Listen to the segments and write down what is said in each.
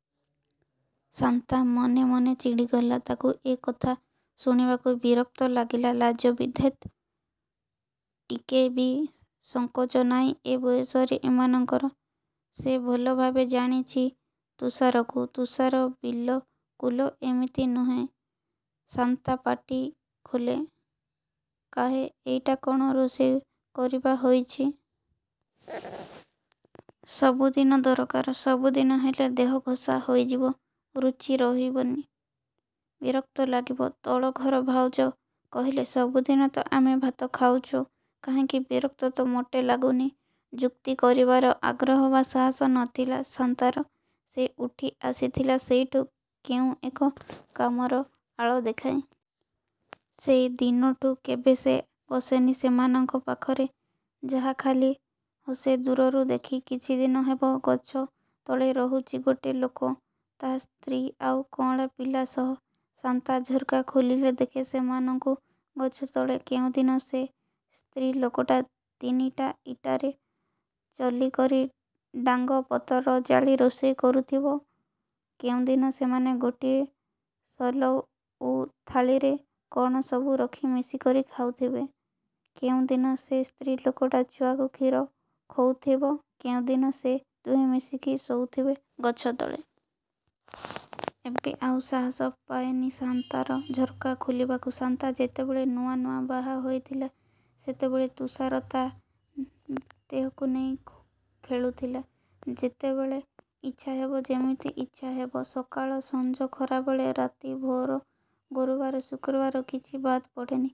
'' ଶାନ୍ତା ମନେମନେ ଚିଡ଼ିଗଲା ତାକୁ ଏ କଥା ଶୁଣିବାକୁ ବିରକ୍ତ ଲାଗଲା, ଲାଜ ବି। ଧେତ୍ ଟିକେବି ସଂକୋଚ ନାହିଁ ଏ ବୟସରେ ଏମାନଙ୍କର।। ସେ ଭଲଭାବେ ଜାଣିଛି ତୁଷାରକୁ। ତୁଷାର ବିଲକୁଲ ଏମିତି ନୁହେଁ। ଶାନ୍ତା ପାଟି ଖୋଲେ। କାହେ, ''ଏଇଟା କଣ ରୋଷେଇ କରିବା ହୋଇଛି। ସବୁଦିନ ଦରକାର। ସବୁଦିନ ହେଲେ ଦେହଘଷା ହୋଇଯିବ ରୁଚି ରହବନି, ବିରକ୍ତ ଲାଗିବ। ତଳଘର ଭାଉଜ କହିଲେ, ''ସବୁଦିନତ ଆମେ ଭାତ ଖାଉଛୁ କାହିଁକି ବିରକ୍ତ ତ ମୋଟେ ଲାଗୁନି। ଯୁକ୍ତି କରିବାର ଆଗ୍ରହ ବା ସାହସ ନ ଥିଲା ଶାନ୍ତାର ସେ ଉଠି ଆସିଥିଲା ସେଇଠୁ କେଉଁ ଏକ କାମର ଆଳ ଦେଖାଇ। ସେଇ ଦିନଠୁ କେବେ ସେ ବସେନି ସେମାନଙ୍କ ପାଖରେ। ଯାହାଖାଲି ହସେ ଦୂରରୁ ଦେଖି। କିଛିଦିନ ହେବ ଗଛତଳେ ରହୁଛି ଗୋଟେ ଲୋକ ତା' ସ୍ତ୍ରୀ ଆଉ କଅଁଳା ପିଲାସହ। ଶାନ୍ତା ଝର୍କା ଖୋଲିଲେ ଦେଖେ ସେମାନଙ୍କୁ ଗଛତଳେ। କେଉଁଦିନ ସେ ସ୍ତ୍ରୀଲୋକଟା ତିନିଟା ଇଟାରେ ଚଲିକରି ଡାଙ୍ଗ, ପତର ଜାଳି ରୋଷେଇ କରୁଥିବ, କେଉଁଦିନ ସେମାନେ ଗୋଟିଏ ସଲଉଥାଳିରେ କ'ଣ ସବୁ ରଖି ମିଶିକରି ଖାଉଥିବେ, କେଉଁଦିନ ସେ ସ୍ତ୍ରୀ ଲୋକଟା ଛୁଆକୁ ଖୀର ଖୋଉଥିବ, କେଉଁଦିନ ସେ ଦୁହେଁ ମିଶିକି ଶୋଉଥିବେ ଗଛତଳେ। ଏବେ ଆଉ ସାହସ ପାଏନି ଶାନ୍ତାର ଝର୍କା ଖୋଲିବାକୁ। ଶାନ୍ତା ଯେତେବେଳେ ନୂଆ ନୂଆ ବାହାହୋଇଥିଲା ସେତେବେଳେ ତୁଷାର ତା' ଦେହକୁ ନେଇ ଖେଳୁଥିଲା। ଯେତେବେଳେ ଇଚ୍ଛାହେବ ଯେମିତି ଇଚ୍ଛାହେବ। ସକାଳ, ସଂଜ, ଖରାବେଳ, ରାତି, ଭୋର, ଗୁରବାର, ଶୁକ୍ରବାର କିଛି ବାଦ୍ ପଡ଼େନି।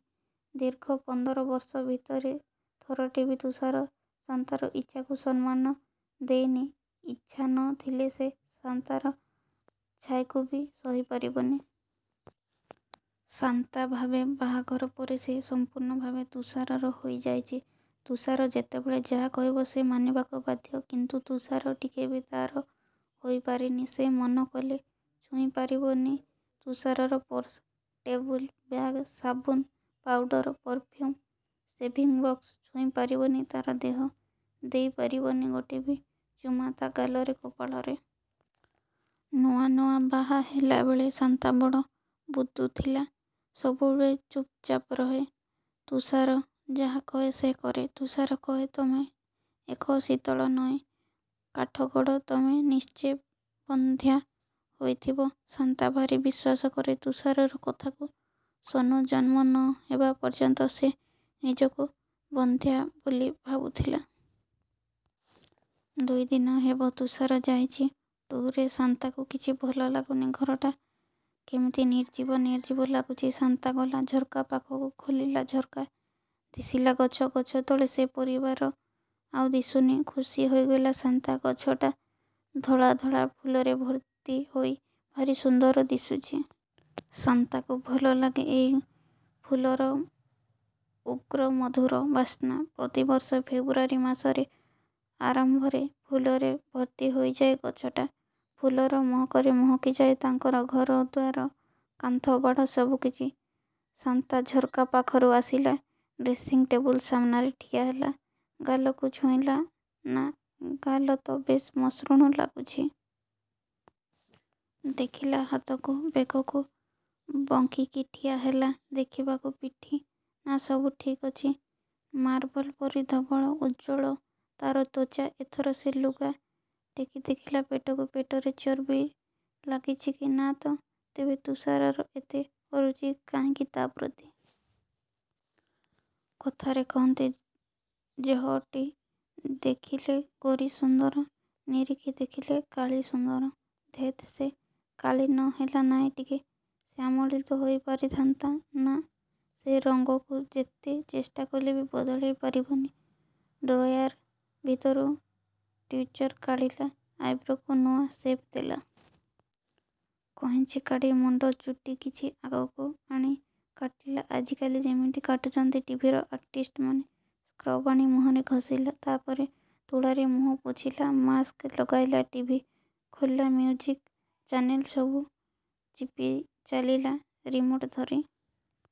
ଦୀର୍ଘ ପନ୍ଦର ବର୍ଷ ଭିତରେ ଥରଟେ ବି ତୁଷାର ଶାନ୍ତାର ଇଚ୍ଛାକୁ ସମ୍ମାନ ଦେଇନି, ଇଚ୍ଛାନଥିଲେ ସେ ଶାନ୍ତାର ଛାଇକୁ ବି ସହିପାରିବନି। ଶାନ୍ତା ଭାବେ ବାହାଘର ପରେ ସେ ସଂପୂର୍ଣ୍ଣଭାବେ ତୁଷାରର ହେଇଯାଇଛି। ତୁଷାର ଯେତେବେଳେ ଯାହା କହିବ ସେ ମାନିବାକୁ ବାଧ୍ୟ। କିନ୍ତୁ ତୁଷାର ଟିକେ ବି ତା'ର ହୋଇପାରିନି, ସେ ମନ କଲେ ଛୁଇଁ ପାରିବନି ତୁଷାରର ପର୍ସ, ଟେବୁଲ, ବ୍ୟାଗ୍, ସାବୁନ, ପାଉଡ଼ର, ପରଫ୍ୟୁମ୍, ସେଭିଂଗ ବକ୍ସ, ଛୁଇଁ ପାରିବନି ତା'ର ଦେହ, ଦେଇପାରିବନି ଗୋଟେ ବି ଚୁମା ତା' ଗାଲରେ କପାଳରେ। ନୂଆ ନୂଆ ବାହା ହେଲାବେଳେ ଶାନ୍ତା ବଡ଼ ବୁଦ୍ଦୁ ଥିଲା ସବୁବେଳେ ଚୂପ୍ଚାପ ରହେ। ତୁଷାର ଯାହାକହେ ସେ କରେ। ତୁଷାର କହେ ତମେ ଏକ ଶୀତଳ ନଈ। କାଠଗଡ଼। ତମେ ନିଶ୍ଚେ ବନ୍ଧ୍ୟା ହୋଇଥିବ। ଶାନ୍ତା ଭାରି ବିଶ୍ୱାସ କରେ ତୁଷାରର କଥାକୁ। ସୋନୁ ଜନ୍ମ ନ ହେବା ପର୍ଯ୍ୟନ୍ତ ସେ ନିଜକୁ ବନ୍ଧ୍ୟା ବୋଲି ଭାବୁଥିଲା। ଦୁଇଦିନ ହେବ ତୁଷାର ଯାଇଛି ଟୁରରେ ଶାନ୍ତାକୁ କିଛି ଭଲଲାଗୁନି। ଘରଟା କେମିତି ନିର୍ଜିବ ନିର୍ଜିବ ଲାଗୁଛି। ଶାନ୍ତା ଗଲା ଝର୍କାପାଖକୁ, ଖୋଲିଲା ଝର୍କା। ଦିଶିଲା ଗଛ। ଗଛ ତଳେ ସେ ପରିବାର ଆଉ ଦିଶୁନି। ଖୁସି ହୋଇଗଲା ଶାନ୍ତା। ଗଛଟା ଧଳାଧଳା ଫୁଲରେ ଭର୍ତ୍ତି ହୋଇ ଭାରି ସୁଦର ଦିଶୁଛି। ଶାନ୍ତାକୁ ଭଲଲାଗେ ଏହି ଫୁଲର ଉଗ୍ରମଧୁର ବାସ୍ନା। ପ୍ରତିବର୍ଷ ଫେବୃଆରୀ ମାସର ଆରମ୍ଭରେ ଫୁଲରେ ଭର୍ତ୍ତି ହୋଇଯାଏ ଗଛଟା...। ଫୁଲର ମହକରେ ମହକିଯାଏ ତାଙ୍କର ଘର, ଦ୍ୱାର, କାନ୍ଥବାଡ଼ ସବୁକିଛି। ଶାନ୍ତା ଝର୍କାପାଖରୁ ଆସିଲା, ଡ୍ରେସିଂଟେବୁଲ ସାମ୍ନାରେ ଠିଆ ହେଲା। ଗାଲକୁ ଛୁଇଁଲା, ନା ଗାଲତ ବେଶ୍ ମସୃଣ ଲାଗୁଛି। ଦେଖିଲା ହାତକୁ, ବେକକୁ, ବଙ୍କିକି ଠିଆ ହେଲା ଦେଖିବାକୁ ପିଠି, ନା ସବୁ ଠିକ୍ ଅଛି। ମାର୍ବଲପରି ଧବଳ, ଉଜ୍ଜ୍ୱଳ ତା'ର ତ୍ୱାଚା ଏଥର ସେ ଲୁଗା ଟେକି ଦେଖିଲା ପେଟକୁ, ପେଟରେ ଚର୍ବି ଲାଗିଛିକି, ନା' ତ। ତେବେ ତୁଷାରର ଏତେ ଅରୁଚି କାହିଁକି ତା'ପ୍ରତି। କଥାରେ କହନ୍ତି, ''ଝଅଟି ଦେଖିଲେ ଗୋରି ସୁନ୍ଦର ନିରେଖି ଦେଖିଲେ କାଳି ସୁନ୍ଦର। '' ଧେତ୍ ସେ କାଳି ନ ହେଲା ନାହିଁ ଟିକେ ଶ୍ୟାମଳୀତ ହୋଇପାରଥାନ୍ତା। ନା। ସେ ରଂଗକୁ ଯେତେ ଚେଷ୍ଟାକଲେ ବି ବଦଳେଇ ପାରିବନି। ଡ୍ରୟାର ଭିତରୁ ଟ୍ୟୁଜର କାଢ଼ିଲା, ଆଇବ୍ରୋକୁ ନୂଆ ସେପ୍ ଦେଲା। କଇଁଚି କାଢ଼ି, ମୁଣ୍ଡ ଚୁଟି କିଛି ଆଗକୁ ଆଣି କାଟିଲା ଆଜିକାଲି ଯେମିତି କାଟୁଛନ୍ତି ଟିଭିର ଆର୍ଟିଷ୍ଟମାନେ। ସ୍କ୍ରବ ଆଣି ମୁହଁରେ ଘଷିଲା। ତା'ପରେ ତୁଳାରେ ମୁହଁ ପୋଛିଲା ମାକ୍ସ ଲଗାଇଲା। ଟିଭି ଖୋଲିଲା ମ୍ୟୁଜିକ ଚ୍ୟାନେଲ ସବୁ ଚିପିଚାଲିଲା, ରିମୋଟ ଧରି।